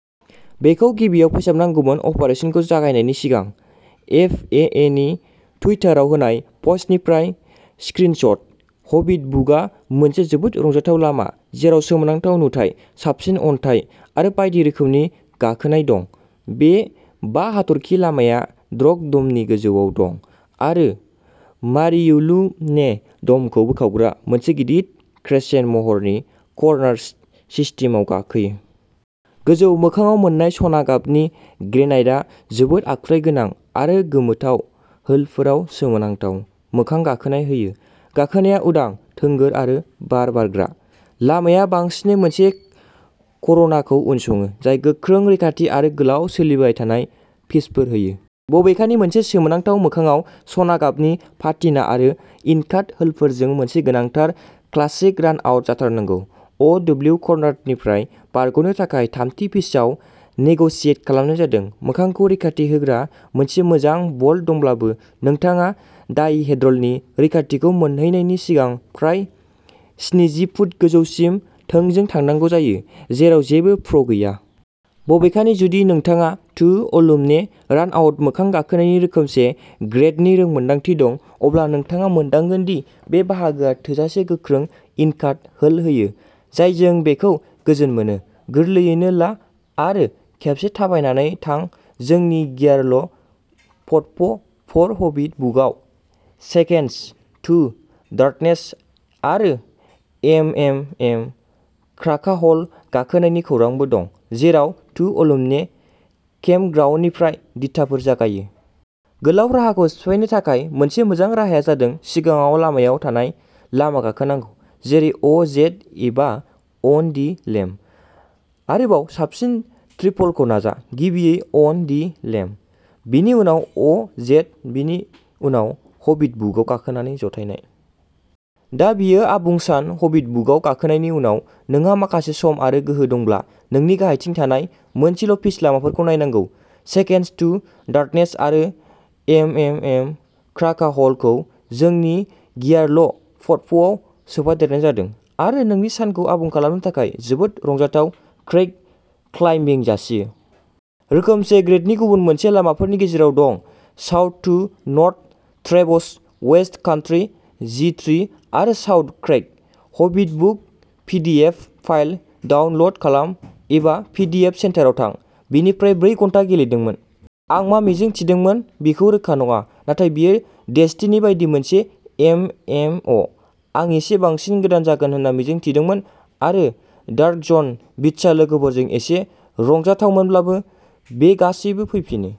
बेखौ गिबियाव फोसाबनांगौमोन अपारेशनखौ जागायफिन्नायनि सिगां। एफ ए ए नि टुइटारआव होनाय पस्टनिफ्राय स्क्रिनशट। हबिट बुकआ मोनसे जोबोद रंजाथाव लामा, जेराव सोमोनांथाव नुथाय, साबसिन अन्थाइ आरो बायदि रोखोमनि गाखोनाय दं। बे बा हाथरखि लामाआ ड्रग ड'मनि गोजौआव दं आरो मारियुलुम्ने ड'मखौ बोखावग्रा मोनसे गिदिर क्रेसेन्ट महरनि कर्नार सिस्टेमआव गाखोयो। गोजौ मोखांआव मोन्नाय सना गाबनि ग्रेनाइटआ जोबोद आखुथाय गोनां आरो गोमोथाव होल्डफोराव सोमोनांथाव मोखां गाखोनाय होयो। गाखोनाया उदां, थोंगोर आरो बार बारग्रा। लामाआ बांसिनै मोनसे ख'रनाखौ उनसङो जाय गोख्रों रैखाथि आरो गोलाव सोलिबाय थानाय पिचफोर होयो। बबेखानि मोनसे सोमोनांथाव मोखांआव सना गाबनि पाटिना आरो इनकाट होल्डफोरजों मोनसे गोनांथार क्लासिक रानआउट जाथारनांगौ। अ डब्लिउ कर्नारनिफ्राय बारग'नो थाखाय थामथि पिचआव नेग'सियेट खालामनाय जादों। मोखांखौ रैखाथि होग्रा मोनसे मोजां बल्ट दंब्लाबो नोंथाङा डाइहेड्रलनि रैखाथिखौ मोनहैनायनि सिगां फ्राय स्निजि फुट गोजौसिम थोंजों थांनांगौ जायो, जेराव जेबो प्र' गैया। बबेखानि, जुदि नोंथांहा तुअलुम्ने रानआउट मोखां गाखोनायनि रोखोमसे ग्रेडनि रोंमोन्दांथि दं अब्ला नोंथाङा मोनदांगोन दि बे बाहागोआ थोजासे गोख्रों इनकाट होल्ड होयो, जायजों बेखौ गोजोन मोनो। गोरलैयैनो ला आरो खेबसे थाबायनानै थां जोंनि गियारल' पटप' फर हबिट बुकआव सेकेन्डस टु डार्कनेस आरो एमएमएम क्राकाह'ल गाखोनायनि खौरांबो दं, जेराव तुअलुम्ने केम्पग्राउन्डनिफ्राय दिथाफोर जागायो। गोलाव राहाखौ सिफायनो थाखाय मोनसे मोजां राहाया जादों सिगाङाव लामायाव थानाय लामा गाखोनांगौ, जेरै अ जेड एबा अन दि लेम्ब। आरोबाव साबसिन ट्रिपलखौ नाजा। गिबियै अन दि लेम्ब, बेनि उनाव अ जेड बेनि उनाव हबिट बुकआव गाखोनानै जथायनाय। दा बेयो आबुं सान हबिट बुकआव गाखोनायनि उनाव नोंहा माखासे सम आरो गोहो दंब्ला, नोंनि गाहायथिं थानाय मोनसेल' पिच लामाफोरखौ नायनांगौ। सेकेन्डस टु डार्कनेस आरो एमएमएम क्राकाह'ल खौ जोंनि गियारल'पटप'आव सोफादेरनाय जादों, आरो नोंनि सानखौ आबुं खालामनो थाखाय जोबोद रंजाथाव क्रैक क्लाइम्बिं जासियो। रोखोमसे ग्रेडनि गुबुन मोजां लामाफोरनि गेजेराव दं south to north traverse, west country, G tree आरो south crack. Hobbit book PDF file download खालाम एबा पिडिएफ सेन्टाराव थां। बेनि फ्राय ब्रै घन्टा गेलेदोंमोन। आं मा मिजिं थिदोंमोन बेखौ रोखा नङा नाथाय बेयो डेस्टिनि बायदि मोनसे एमएमअ'। आं इसे बांसिन गोदान जागोन होनना मिजिं थिदोंमोन आरो डार्क जन बिटसा लोगोफोरजों एसे रंजाथावमोनब्लाबो, बे गासैबो फैफिनो।